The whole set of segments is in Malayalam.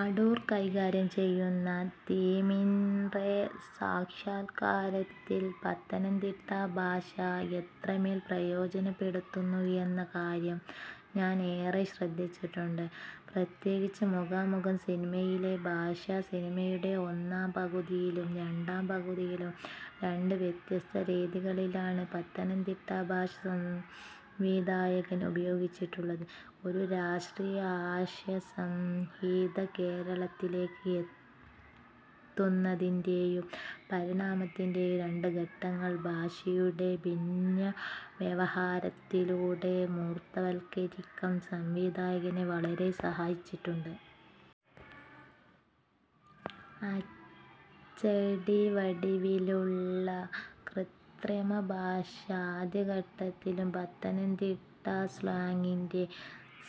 അടൂർ കൈകാര്യം ചെയ്യുന്ന തീമിൻറെ സാക്ഷാൽക്കാരത്തിൽ പത്തനംതിട്ട ഭാഷ എത്രമേൽ പ്രയോജനപ്പെടുത്തുന്നു എന്ന കാര്യം ഞാൻ ഏറെ ശ്രദ്ധിച്ചിട്ടുണ്ട്. പ്രത്യേകിച്ച് മുഖാമുഖം സിനിമയിലെ ഭാഷ. സിനിമയുടെ ഒന്നാം പകുതിയിലും രണ്ടാം പകുതിയിലും രണ്ട് വ്യത്യസ്ത രീതികളിലാണ് പത്തനംതിട്ട ഭാഷ സംവിധായകൻ ഉപയോഗിച്ചിട്ടുള്ളത്. ഒരു രാഷ്ട്രീയ ആശയസംഹിത കേരളത്തിലേക്ക് എത്തുന്നതിന്റെയും പരിണാമത്തിന്റെയും രണ്ട് ഘട്ടങ്ങൾ ഭാഷയുടെ ഭിന്നവ്യവഹാരത്തിലൂടെ മൂർത്തവൽക്കരിക്കാൻ സംവിധായകനെ വളരെ സഹായിച്ചിട്ടുണ്ട്. അച്ചടിവടിവിലുള്ള കൃത്രിമഭാഷ ആദ്യഘട്ടത്തിലും പത്തനംതിട്ട സ്ലാങ്ങിൻറെ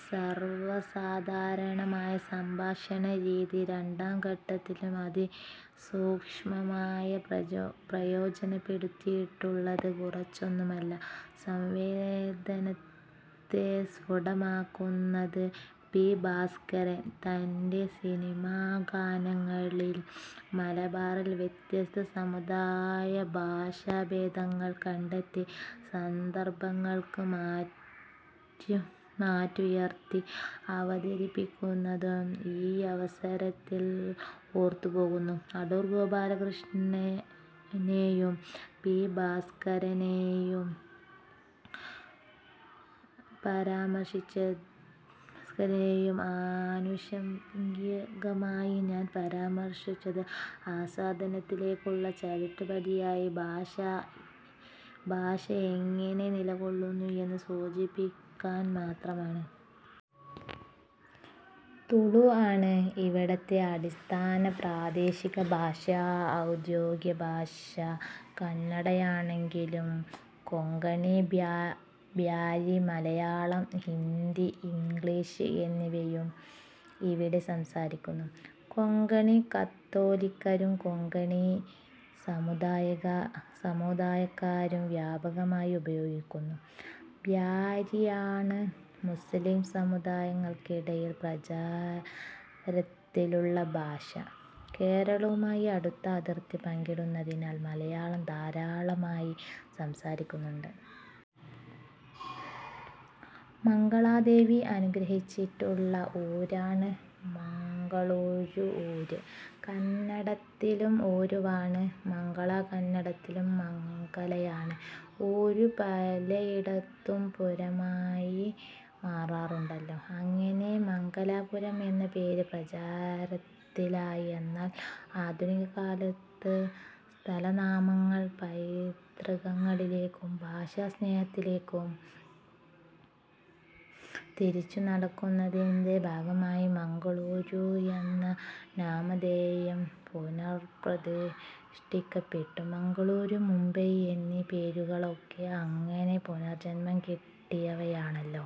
സർവസാധാരണമായ സംഭാഷണരീതി രണ്ടാം ഘട്ടത്തിലും അതിസൂക്ഷ്മമായി പ്രയോജനപ്പെടുത്തിയിട്ടുള്ളത് കുറച്ചൊന്നുമല്ല സംവേദനത്തെ സ്ഫുടമാക്കുന്നത്. പി. ഭാസ്കരൻ തന്റെ സിനിമാഗാനങ്ങളിൽ മലബാറിലെ വ്യത്യസ്ത സമുദായഭാഷാഭേദങ്ങൾ കണ്ടെത്തി സന്ദർഭങ്ങൾക്ക് മാറ്റുയർത്തി അവതരിപ്പിക്കുന്നതും ഈയവസരത്തിൽ ഓർത്തുപോകുന്നു. അടൂർ ഗോപാലകൃഷ്ണനെയും പി. ഭാസ്കരനെയും ആനുഷംഗികമായി ഞാൻ പരാമർശിച്ചത് ആസ്വാദനത്തിലേക്കുള്ള ചവിട്ടുപടിയായി ഭാഷ എങ്ങനെ നിലകൊള്ളുന്നു എന്ന് സൂചിപ്പിക്കാൻ മാത്രമാണ്. തുളു ആണ് ഇവിടത്തെ അടിസ്ഥാന പ്രാദേശികഭാഷ. ഔദ്യോഗികഭാഷ കന്നഡയാണെങ്കിലും കൊങ്കണി, ബ്യാരി, മലയാളം, ഹിന്ദി, ഇംഗ്ലീഷ് എന്നിവയും ഇവിടെ സംസാരിക്കുന്നു. കൊങ്കണി കത്തോലിക്കരും കൊങ്കണി സമുദായക്കാരും വ്യാപകമായി ഉപയോഗിക്കുന്നു. ബ്യാരിയാണ് മുസ്ലിം സമുദായങ്ങൾക്കിടയിൽ പ്രചാരത്തിലുള്ള ഭാഷ. കേരളവുമായി അടുത്ത അതിർത്തി പങ്കിടുന്നതിനാൽ മലയാളവും ധാരാളമായി സംസാരിക്കുന്നുണ്ട്. മംഗളാദേവി അനുഗ്രഹിച്ചിട്ടുള്ള ഊരാണ് മംഗളൂരു. ഊര് കന്നഡത്തിൽ 'ഊരു'വാണ്. മംഗള കന്നഡത്തിൽ മംഗലയാണ്. ഊര് പലയിടത്തും പുരമായി മാറാറുണ്ടല്ലോ. അങ്ങനെ മംഗലാപുരം എന്ന പേര് പ്രചാരത്തിലായി. എന്നാൽ ആധുനികകാലത്ത് സ്ഥലനാമങ്ങൾ പൈതൃകങ്ങളിലേക്കും ഭാഷാസ്നേഹത്തിലേക്കും തിരിച്ചുനടക്കുന്നതിന്റെ ഭാഗമായി മംഗളൂരു എന്ന നാമധേയം പുന:പ്രതിഷ്ഠിക്കപ്പെട്ടു. ബംഗളൂരു, മുംബൈ എന്നീ പേരുകളൊക്കെ അങ്ങനെ പുനർജന്മം കിട്ടിയവയാണല്ലോ.